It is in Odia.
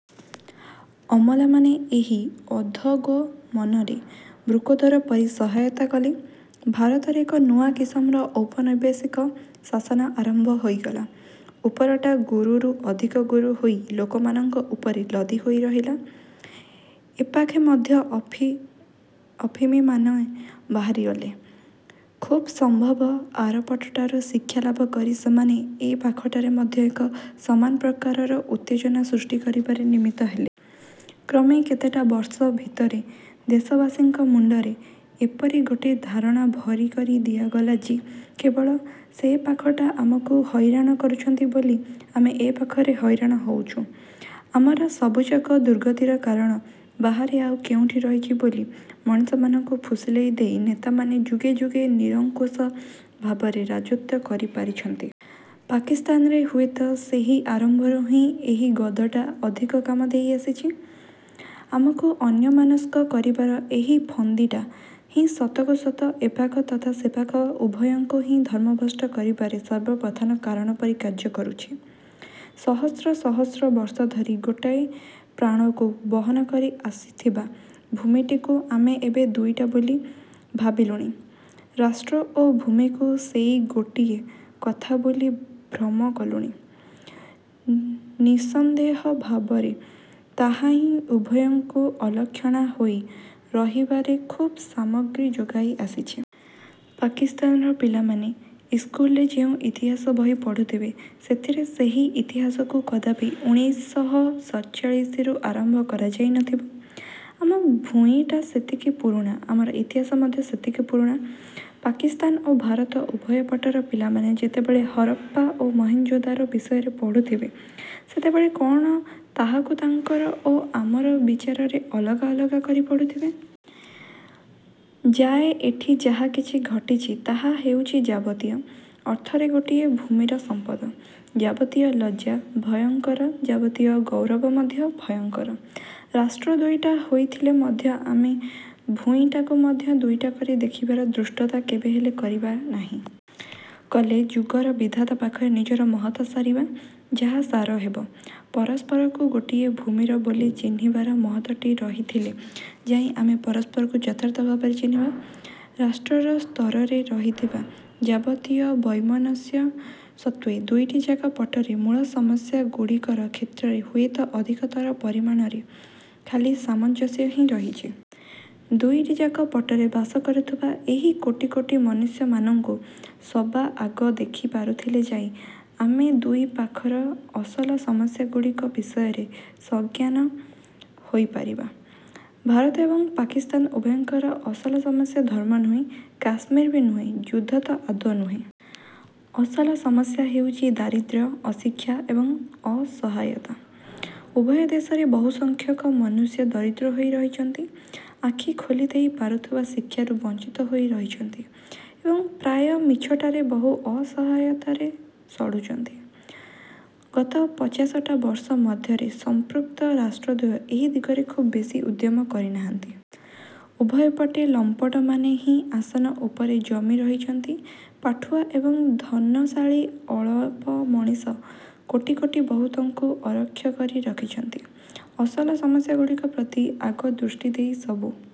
ଅମଲାମାନେ ଏହି ଅଧୋଗୋମନରେ ବୃକୋଦର ପରି ସହାୟତା କଲେ। ଭାରତରେ ଏକ ନୂଆ କିସମର ଔପନବେଶିକ ଶାସନ ଆରମ୍ଭ ହୋଇଗଲା। ଉପରଟା ଗୁରୁରୁ ଅଧିକ ଗରୁ ହୋଇ ଲୋକମାନଙ୍କ ଉପରେ ଲଦି ହୋଇ ରହିଲା। ଏପାଖେ ମଧ୍ୟ ଅଫି ଅଫିମିମାନ ବାହାରିଲେ। ଖୁବ୍ ସମ୍ଭବ ଆରପଟଟାରୁ ଶିକ୍ଷାଲାଭ କରି ସେମାନେ ଏ ପାଖଟାରେ ମଧ୍ୟ ଏକ ସମାନ ପ୍ରକାରର ଉତ୍ତେଜନା ସୃଷ୍ଟି କରିବାରେ ନିମିତ୍ତ ହେଲେ। କ୍ରମେ କେତେଟା ବର୍ଷ ଭିତରେ ଦେଶବାସୀଙ୍କ ମୁଣ୍ଡରେ ଏପରି ଗୋଟିଏ ଧାରଣା ଭରି କରି ଦିଆଗଲା ଯେ କେବଳ ସେପାଖଟା ଆମକୁ ହଇରାଣ କରୁଛନ୍ତି ବୋଲି ଆମେ ଏପାଖରେ ହଇରାଣ ହଉଛୁ। ଆମର ସବୁଯାକ ଦୁର୍ଗତିର କାରଣ ବାହାରେ ଆଉ କେଉଁଠି ରହିଛି ବୋଲି ମଣିଷମାନଙ୍କୁ ଫୁସୁଲେଇ ଦେଇ ନେତାମାନେ ଯୁଗେ ଯୁଗେ ନିରଙ୍କୁଶ ଭାବରେ ରାଜତ୍ୱ କରିପାରିଛନ୍ତି। ପାକିସ୍ତାନରେ ହୁଏତ ସେହି ଆରମ୍ଭରୁ ହିଁ ଏହି ଗଦଟା ଅଧିକ କାମ ଦେଇଆସିଛି। ଆମକୁ ଅନ୍ୟମନସ୍କ କରିବାର ଏହି ଫନ୍ଦିଟା ହିଁ ସତକୁ ସତ ଏପାଖ ତଥା ସେପାଖ ଉଭୟଙ୍କୁ ହିଁ ଧର୍ମଭ୍ରଷ୍ଟ କରିବାରେ ସର୍ବପ୍ରଧାନ କାରଣ ପରି କାର୍ଯ୍ୟ କରୁଛି। ସହସ୍ର ସହସ୍ର ବର୍ଷ ଧରି ଗୋଟାଏ ପ୍ରାଣକୁ ବହନ କରି ଆସିଥିବା ଭୂମିଟିକୁ ଆମେ ଏବେ ଦୁଇଟା ବୋଲି ଭାବିଲୁଣି, ରାଷ୍ଟ୍ର ଓ ଭୂମିକୁ ସେଇ ଗୋଟିଏ କଥା ବୋଲି ଭ୍ରମ କଲୁଣି, ନି ନିଃସନ୍ଦେହ ଭାବରେ ତାହାହିଁ ଉଭୟଙ୍କୁ ଅଲକ୍ଷଣା ହୋଇ ରହିବାରେ ଖୁବ୍ ସାମଗ୍ରୀ ଯୋଗାଇ ଆସିଛି। ପାକିସ୍ତାନର ପିଲାମାନେ ଇସ୍କୁଲରେ ଯେଉଁ ଇତିହାସ ବହି ପଢୁଥିବେ, ସେଥିରେ ସେହି ଇତିହାସକୁ କଦାପି ଉଣେଇ ଶହ ସଡ଼ଚାଳିଶି ରୁ ଆରମ୍ଭ କରାଯାଇ ନଥିବ। ଆମ ଭୂଇଁଟା ସେତିକି ପୁରୁଣା, ଆମର ଇତିହାସ ମଧ୍ୟ ସେତିକି ପୁରୁଣା। ପାକିସ୍ତାନ ଓ ଭାରତ ଉଭୟ ପଟର ପିଲାମାନେ ଯେତେବେଳେ ହରପ୍ପା ଓ ମହେଞ୍ଜୋଦାରୋ ବିଷୟରେ ପଢୁଥିବେ, ସେତେବେଳେ କଣ ତାହାକୁ ତାଙ୍କର ଓ ଆମର ବିଚାରରେ ଅଲଗା ଅଲଗା କରି ପଢୁଥିବେ? ଯାଏ ଏଠି ଯାହା କିଛି ଘଟିଛି ତାହା ହେଉଛି ଯାବତୀୟ ଅର୍ଥରେ ଗୋଟିଏ ଭୂମିର ସମ୍ପଦ। ଯାବତୀୟ ଲଜ୍ଜା ଉଭୟଙ୍କର, ଯାବତୀୟ ଗୌରବ ମଧ୍ୟ ଉଭୟଙ୍କର। ରାଷ୍ଟ୍ର ଦୁଇଟା ହୋଇଥିଲେ ମଧ୍ୟ ଆମେ ଭୂଇଁଟିକୁ ମଧ୍ୟ ଦୁଇଟା କରି ଦେଖିବାର ଧୃଷ୍ଟତା କେବେହେଲେ କରିବା ନାହିଁ। କଲେ ଯୁଗର ବିଧାତା ପାଖରେ ନିଜର ମହତ ସାରିବା ଯାହା ସାର ହେବ। ପରସ୍ପରକୁ ଗୋଟିଏ ଭୂମିର ବୋଲି ଚିହ୍ନିବାର ମହତଟି ରହିଥିଲେ ଯାଇ ଆମେ ପରସ୍ପରକୁ ଯଥାର୍ଥ ଭାବରେ ଚିହ୍ନିବା। ରାଷ୍ଟ୍ରର ସ୍ତରରେ ରହିଥିବା ଯାବତୀୟ ବୈମନସ୍ୟ ସତ୍ତ୍ୱେ ଦୁଇଟିଯାକ ପଟରେ ମୂଳ ସମସ୍ୟା ଗୁଡ଼ିକର କ୍ଷେତ୍ରରେ ହୁଏତ ଅଧିକତର ପରିମାଣରେ ଖାଲି ସାମଞ୍ଜସ୍ୟ ହିଁ ରହିଛି। ଦୁଇଟିଯାକ ପଟରେ ବାସ କରୁଥୁବା ଏହି କୋଟି କୋଟି ମନୁଷ୍ୟମାନଙ୍କୁ ସବାଆଗ ଦେଖି ପାରୁଥିଲେ ଯାଇ ଅମେ ଦୁଇ ପାଖର ଅସଲ ସମସ୍ୟା ଗୁଡ଼ିକ ବିଷୟରେ ସଜ୍ଞାନ ହୋଇପାରିବା। ଭାରତ ଏବଂ ପାକିସ୍ତାନ ଉଭୟଙ୍କର ଅସଲ ସମସ୍ୟା ଧର୍ମ ନୁହେଁ, କାଶ୍ମୀର ବି ନୁହେଁ, ଯୁଦ୍ଧ ତ ଆଦୌ ନୁହେଁ। ଅସଲ ସମସ୍ୟା ହେଉଛି ଦାରିଦ୍ର୍ୟ, ଅଶିକ୍ଷା ଏବଂ ଅସହାୟତା। ଉଭୟ ଦେଶରେ ବହୁସଂଖ୍ୟକ ମନୁଷ୍ୟ ଦରିଦ୍ର ହୋଇ ରହିଛନ୍ତି। ଆଖି ଖୋଲିଦେଇ ପାରୁଥିବା ଶିକ୍ଷାରୁ ବଂଚିତ ହୋଇ ରହିଛନ୍ତି ଏବଂ ପ୍ରାୟ ମିଛଟାରେ ବହୁ ଅସହାୟତାରେ ସଢୁଛନ୍ତି। ଗତ ପଚାଶଟା ବର୍ଷ ମଧ୍ୟରେ ସଂପୃକ୍ତ ରାଷ୍ଟ୍ରଦ୍ୱୟ ଏହି ଦିଗରେ ଖୁବ ବେଶୀ ଉଦ୍ୟମ କରିନାହାନ୍ତି। ଉଭୟପଟେ ଲମ୍ପଟମାନେ ହିଁ ଆସନ ଉପରେ ଜମି ରହିଛନ୍ତି। ପାଠୁଆ ଏବଂ ଧନଶାଳୀ ଅଳପ ମଣିଷ କୋଟି କୋଟି ବହୁତଙ୍କୁ ଅରକ୍ଷ କରି ରଖିଛନ୍ତି। ଅସଲ ସମସ୍ୟାଗୁଡ଼ିକ ପ୍ରତି ଆଗ ଦୃଷ୍ଟି ଦେଇ ସବୁ